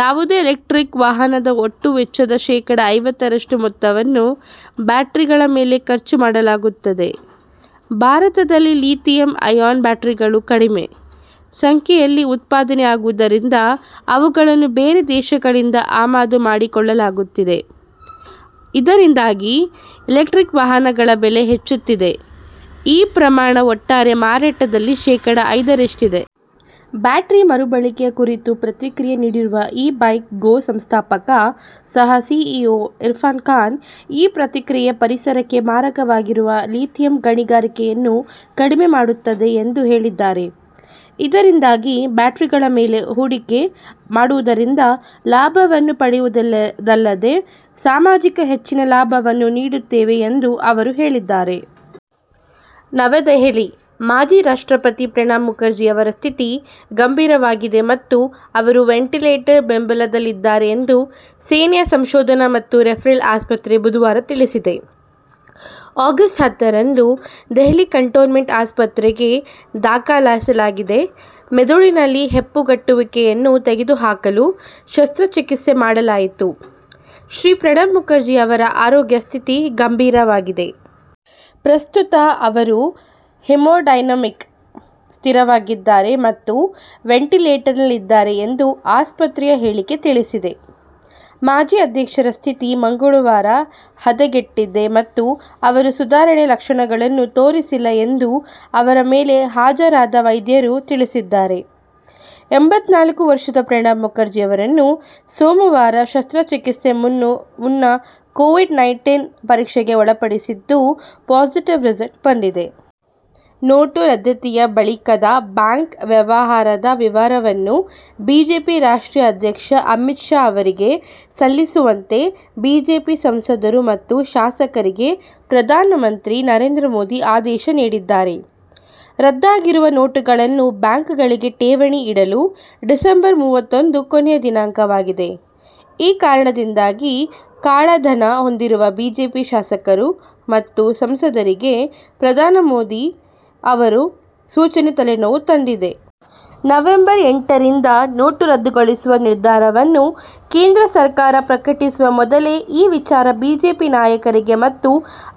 ಯಾವುದೇ ಎಲೆಕ್ಟ್ರಿಕ್ ವಾಹನದ ಒಟ್ಟು ವೆಚ್ಚದ ಶೇಖಡ ಐವತ್ತರಷ್ಟು ಮೊತ್ತವನ್ನು ಬ್ಯಾಟರಿಗಳ ಮೇಲೆ ಖರ್ಚು ಮಾಡಲಾಗುತ್ತದೆ. ಭಾರತದಲ್ಲಿ ಲಿಥಿಯಂ ಐಯಾನ್ ಬ್ಯಾಟರಿಗಳು ಕಡಿಮೆ ಸಂಖ್ಯೆಯಲ್ಲಿ ಉತ್ಪಾದನೆಯಾಗುವುದರಿಂದ ಅವುಗಳನ್ನು ಬೇರೆ ದೇಶಗಳಿಂದ ಆಮದು ಮಾಡಿಕೊಳ್ಳಲಾಗುತ್ತಿದೆ. ಇದರಿಂದಾಗಿ ಎಲೆಕ್ಟ್ರಿಕ್ ವಾಹನಗಳ ಬೆಲೆ ಹೆಚ್ಚುತ್ತಿದೆ. ಈ ಪ್ರಮಾಣವು ಒಟ್ಟಾರೆ ಮಾರಾಟದಲ್ಲಿ ಶೇಖಡ ಐದರಷ್ಟಿದೆ. ಬ್ಯಾಟರಿ ಮರುಬಳಕೆಯ ಕುರಿತು ಪ್ರತಿಕ್ರಿಯೆ ನೀಡಿರುವ ಇ-ಬೈಕ್ ಗೋ ಸಂಸ್ಥಾಪಕ ಸಹ-ಸಿಇಒ ಇರ್ಫಾನ್ ಖಾನ್, ಈ ಪ್ರಕ್ರಿಯೆಯು ಪರಿಸರಕ್ಕೆ ಮಾರಕವಾಗಿರುವ ಲಿಥಿಯಂ ಗಣಿಗಾರಿಕೆಯನ್ನು ಕಡಿಮೆ ಮಾಡುತ್ತದೆ ಎಂದು ಹೇಳಿದಾರೆ. ಇದರಿಂದಾಗಿ ಬ್ಯಾಟರಿಗಳ ಮೇಲೆ ಹೂಡಿಕೆ ಮಾಡುವುದರಿಂದ ಲಾಭವನ್ನು ಪಡೆಯುವುದಲ್ಲದೆ, ಸಮಾಜಕ್ಕೆ ಹೆಚ್ಚಿನ ಲಾಭವನ್ನು ನೀಡುತ್ತೇವೆ ಎಂದು ಅವರು ಹೇಳಿದ್ದಾರೆ. ನವದೆಹಲಿ: ಮಾಜಿ ರಾಷ್ಟ್ರಪತಿ ಪ್ರಣಬ್ ಮುಖರ್ಜಿ ಅವರ ಸ್ಥಿತಿ ಗಂಭೀರವಾಗಿದೆ ಮತ್ತು ಅವರು ವೆಂಟಿಲೇಟರ್ ಬೆಂಬಲದಲ್ಲಿದ್ದಾರೆ ಎಂದು ಸೇನೆಯ ಸಂಶೋಧನಾ ಮತ್ತು ರೆಫರಲ್ ಆಸ್ಪತ್ರೆ ಬುಧವಾರ ತಿಳಿಸಿದೆ. ಆಗಸ್ಟ್ ಹತ್ತರಂದು ದೆಹಲಿ ಕಂಟೋನ್ಮೆಂಟ್ನ ಆಸ್ಪತ್ರೆಗೆ ದಾಖಲಿಸಲಾಗಿದ್ದು, ಮೆದುಳಿನಲ್ಲಿ ಹೆಪ್ಪುಗಟ್ಟುವಿಕೆಯನ್ನು ತೆಗೆದುಹಾಕಲು ಶಸ್ತ್ರಚಿಕಿತ್ಸೆ ಮಾಡಲಾಯಿತು. "ಶ್ರೀ. ಪ್ರಣಬ್ ಮುಖರ್ಜಿ ಅವರ ಆರೋಗ್ಯ ಸ್ಥಿತಿ ಗಂಭೀರವಾಗಿದೆ. ಪ್ರಸ್ತುತ ಅವರು ಹೆಮೋಡೈನಮಿಕ್ ಸ್ಥಿರವಾಗಿದ್ದಾರೆ ಮತ್ತು ವೆಂಟಿಲೇಟರ್ನಲ್ಲಿದ್ದಾರೆ" ಎಂದು ಆಸ್ಪತ್ರೆಯ ಹೇಳಿಕೆ ತಿಳಿಸಿದೆ. ಮಾಜಿ ಅಧ್ಯಕ್ಷರ ಸ್ಥಿತಿ ಮಂಗಳವಾರ ಹದಗೆಟ್ಟಿದೆ ಮತ್ತು ಅವರು ಸುಧಾರಣೆಯ ಲಕ್ಷಣಗಳನ್ನು ತೋರಿಸಿಲ್ಲ ಎಂದು ಅವರ ಮೇಲೆ ಹಾಜರಾದ ವೈದ್ಯರು ತಿಳಿಸಿದ್ದಾರೆ. ಎಂಬತ್ನಾಲ್ಕು ವರ್ಷದ ಪ್ರಣಬ್ ಮುಖರ್ಜಿಯವರನ್ನು ಸೋಮವಾರ ಶಸ್ತ್ರಚಿಕಿತ್ಸೆಗೆ ಮುನ್ನ ಕೋವಿಡ್ - ನೈಂಟೀನ್ ಪರೀಕ್ಷೆಗೆ ಒಳಪಡಿಸಿದ್ದು, ಪಾಸಿಟಿವ್ ರಿಸಲ್ಟ್ ಬಂದಿದೆ. ನೋಟು ರದ್ದತಿಯ ಬಳಿಕದ ಬ್ಯಾಂಕ್ ವ್ಯವಹಾರದ ವಿವರವನ್ನು ಬಿಜೆಪಿ ರಾಷ್ಟ್ರೀಯ ಅಧ್ಯಕ್ಷ ಅಮಿತ್ ಶಾ ಅವರಿಗೆ ಸಲ್ಲಿಸುವಂತೆ ಬಿಜೆಪಿ ಸಂಸದರು ಮತ್ತು ಶಾಸಕರಿಗೆ ಪ್ರಧಾನ ಮಂತ್ರಿ ನರೇಂದ್ರ ಮೋದಿ ಆದೇಶ ನೀಡಿದ್ದಾರೆ. ರದ್ದಾಗಿರುವ ನೋಟುಗಳನ್ನು ಬ್ಯಾಂಕ್ಗಳಿಗೆ ಠೇವಣಿ ಇಡಲು ಡಿಸೆಂಬರ್ ಮೂವತ್ತೊಂದು ಕೊನೆಯ ದಿನವಾಗಿದೆ. ಈ ಕಾರಣದಿಂದಾಗಿ ಕಾಳ ಧನ ಹೊಂದಿರುವ ಬಿಜೆಪಿ ಶಾಸಕರು ಮತ್ತು ಸಂಸದರಿಗೆ ಪ್ರಧಾನಿ ಮೋದಿ ಅವರ ಸೂಚನೆ ತಲೆನೋವು ತಂದಿದೆ. ನವಂಬರ್ ಎಂಟರಿಂದ ನೋಟು ರದ್ದುಗೊಳಿಸುವ ನಿರ್ಧಾರವನ್ನು ಕೇಂದ್ರ ಸರಕಾರ ಪ್ರಕಟಿಸುವ ಮೊದಲೇ ಈ ವಿಚಾರ ಬಿಜೆಪಿ ನಾಯಕರಿಗೆ ಮತ್ತು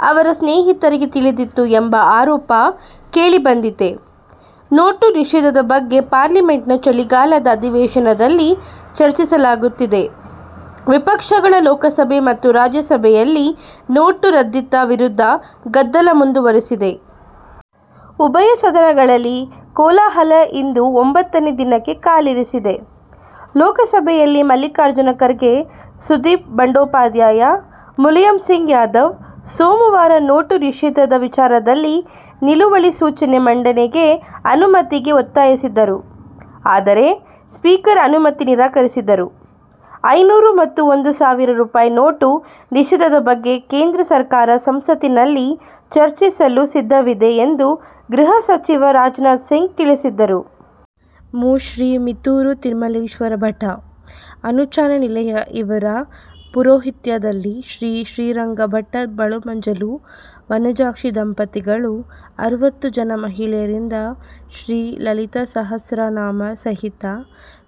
ಅವರ ಸ್ನೇಹಿತರಿಗೆ ತಿಳಿದಿತ್ತು ಎಂಬ ಆರೋಪ ಕೇಳಿ ಬಂದಿದೆ. ನೋಟು ನಿಷೇಧದ ಬಗ್ಗೆ ಪಾರ್ಲಿಮೆಂಟ್ ನ ಚಳಿಗಾಲದ ಅಧಿವೇಶನದಲ್ಲಿ ಚರ್ಚಿಸಲಾಗುತ್ತಿದೆ. ವಿಪಕ್ಷಗಳು ಲೋಕಸಭೆ ಮತ್ತು ರಾಜ್ಯಸಭೆಯಲ್ಲಿ ನೋಟು ರದ್ದತಿ ವಿರುದ್ಧ ಗದ್ದಲ ಮುಂದುವರಿಸಿದೆ. ಉಭಯ ಸದನಗಳಲ್ಲಿ ಕೋಲಾಹಲ ಇಂದು ಒಂಭತ್ತನೇ ದಿನಕ್ಕೆ ಕಾಲಿರಿಸಿದೆ. ಲೋಕಸಭೆಯಲ್ಲಿ ಮಲ್ಲಿಕಾರ್ಜುನ ಖರ್ಗೆ ಸುದೀಪ್ ಬಂಡೋಪಾಧ್ಯಾಯ, ಮುಲಾಯಂ ಸಿಂಗ್ ಯಾದವ್ ಸೋಮವಾರ ನೋಟು ನಿಷೇಧದ ವಿಚಾರದಲ್ಲಿ ನಿಲುವಳಿ ಸೂಚನೆ ಮಂಡನೆಗೆ ಅನುಮತಿಗೆ ಒತ್ತಾಯಿಸಿದ್ದರು. ಆದರೆ ಸ್ಪೀಕರ್ ಅನುಮತಿ ನಿರಾಕರಿಸಿದ್ದರು. ಐನೂರು ಮತ್ತು ಒಂದು ಸಾವಿರ ರೂಪಾಯಿ ನೋಟ್ ನಿಷೇಧದ ಬಗ್ಗೆ ಕೇಂದ್ರ ಸರಕಾರ ಸಂಸತ್ತಿನಲ್ಲಿ ಚರ್ಚಿಸಲು ಸಿದ್ಧವಿದೆ ಎಂದು ಗೃಹ ಸಚಿವ ರಾಜ್ನಾಥ್ ಸಿಂಗ್ ತಿಳಿಸಿದ್ದರು. ಮೂ. ಶ್ರೀ ಮಿತ್ತೂರು ತಿರುಮಲೇಶ್ವರ ಭಟ್ಟ, ಅನೂಚಾನ ನಿಲಯ ಇವರ ಪೌರೋಹಿತ್ಯದಲ್ಲಿ, ಶ್ರೀ ಶ್ರೀರಂಗ ಭಟ್ಟ ಬಳ್ಳಮಜಲು, ವನಜಾಕ್ಷಿ ದಂಪತಿಗಳು ಅರುವತ್ತು ಜನ ಮಹಿಳೆಯರಿಂದ ಶ್ರೀ ಲಲಿತಾಸಹಸ್ರನಾಮ ಸಹಿತ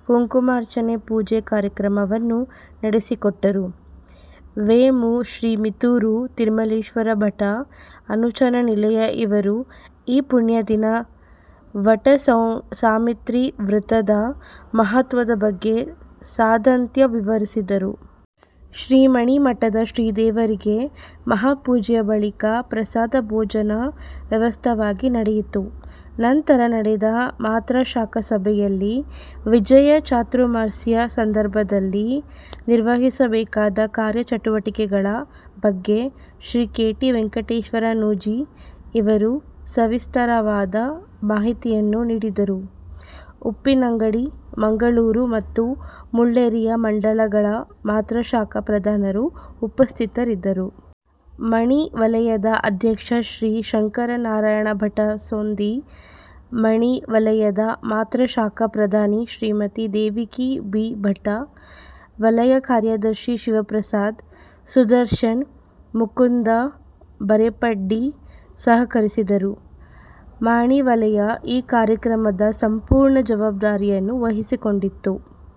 ಕುಂಕುಮಾರ್ಚನೆ ಪೂಜೆ ಕಾರ್ಯಕ್ರಮವನ್ನು ನಡೆಸಿಕೊಟ್ಟರು. ವೇ. ಮೂ. ಶ್ರೀ ಮಿತ್ತೂರು ತಿರುಮಲೇಶ್ವರ ಭಟ್ಟ, ಅನೂಚಾನ ನಿಲಯ ಇವರು ಈ ಪುಣ್ಯದಿನ "ವಟ ಸಾವಿತ್ರೀ ವ್ರತ"ದ ಮಹತ್ವದ ಬಗ್ಗೆ ಸಾದ್ಯಂತ ವಿವರಿಸಿದರು. ಶ್ರೀಮಾಣಿ ಮಠದ ಶ್ರೀದೇವರಿಗೆ ಮಹಾಪೂಜೆಯ ಬಳಿಕ ಪ್ರಸಾದ ಭೋಜನ ವ್ಯವಸ್ಥಿತವಾಗಿ ನಡೆಯಿತು. ನಂತರ ನಡೆದ ಮಾತೃಶಾಖಾ ಸಭೆಯಲ್ಲಿ, ವಿಜಯ ಚಾತುರ್ಮಾಸ್ಯ ಸಂದರ್ಭದಲ್ಲಿ ನಿರ್ವಹಿಸಬೇಕಾದ ಕಾರ್ಯಚಟುವಟಿಕೆಗಳ ಬಗ್ಗೆ, ಶ್ರೀ ಕೆ. ಟಿ. ವೆಂಕಟೇಶ್ವರ ನೂಜಿ, ಇವರು ಸವಿಸ್ತಾರವಾದ ಮಾಹಿತಿಯನ್ನು ನೀಡಿದರು. ಉಪ್ಪಿನಂಗಡಿ, ಮಂಗಳೂರು ಮತ್ತು ಮುಳ್ಳೇರಿಯಾ ಮಂಡಲಗಳ ಮಾತೃಶಾಖಾ ಪ್ರಧಾನರು ಉಪಸ್ಥಿತರಿದ್ದರು. ಮಾಣಿ ವಲಯದ ಅಧ್ಯಕ್ಷ ಶ್ರೀ ಶಂಕರನಾರಾಯಣ ಭಟ್ ಸೊಂದಿ, ಮಾಣಿ ವಲಯದ ಮಾತೃಶಾಖಾ ಪ್ರಧಾನೆ ಶ್ರೀಮತಿ. ದೇವಕಿ ಬಿ. ಭಟ್, ವಲಯ ಕಾರ್ಯದರ್ಶಿ ಶಿವಪ್ರಸಾದ, ಸುದರ್ಶನ, ಮುಕುಂದ ಬರೆಪ್ಪಾಡಿ ಸಹಕರಿಸಿದರು. ಮಾಣಿ ವಲಯ ಈ ಕಾರ್ಯಕ್ರಮದ ಸಂಪೂರ್ಣ ಜವಾಬ್ದಾರಿಯನ್ನು ವಹಿಸಿಕೊಂಡಿತ್ತು.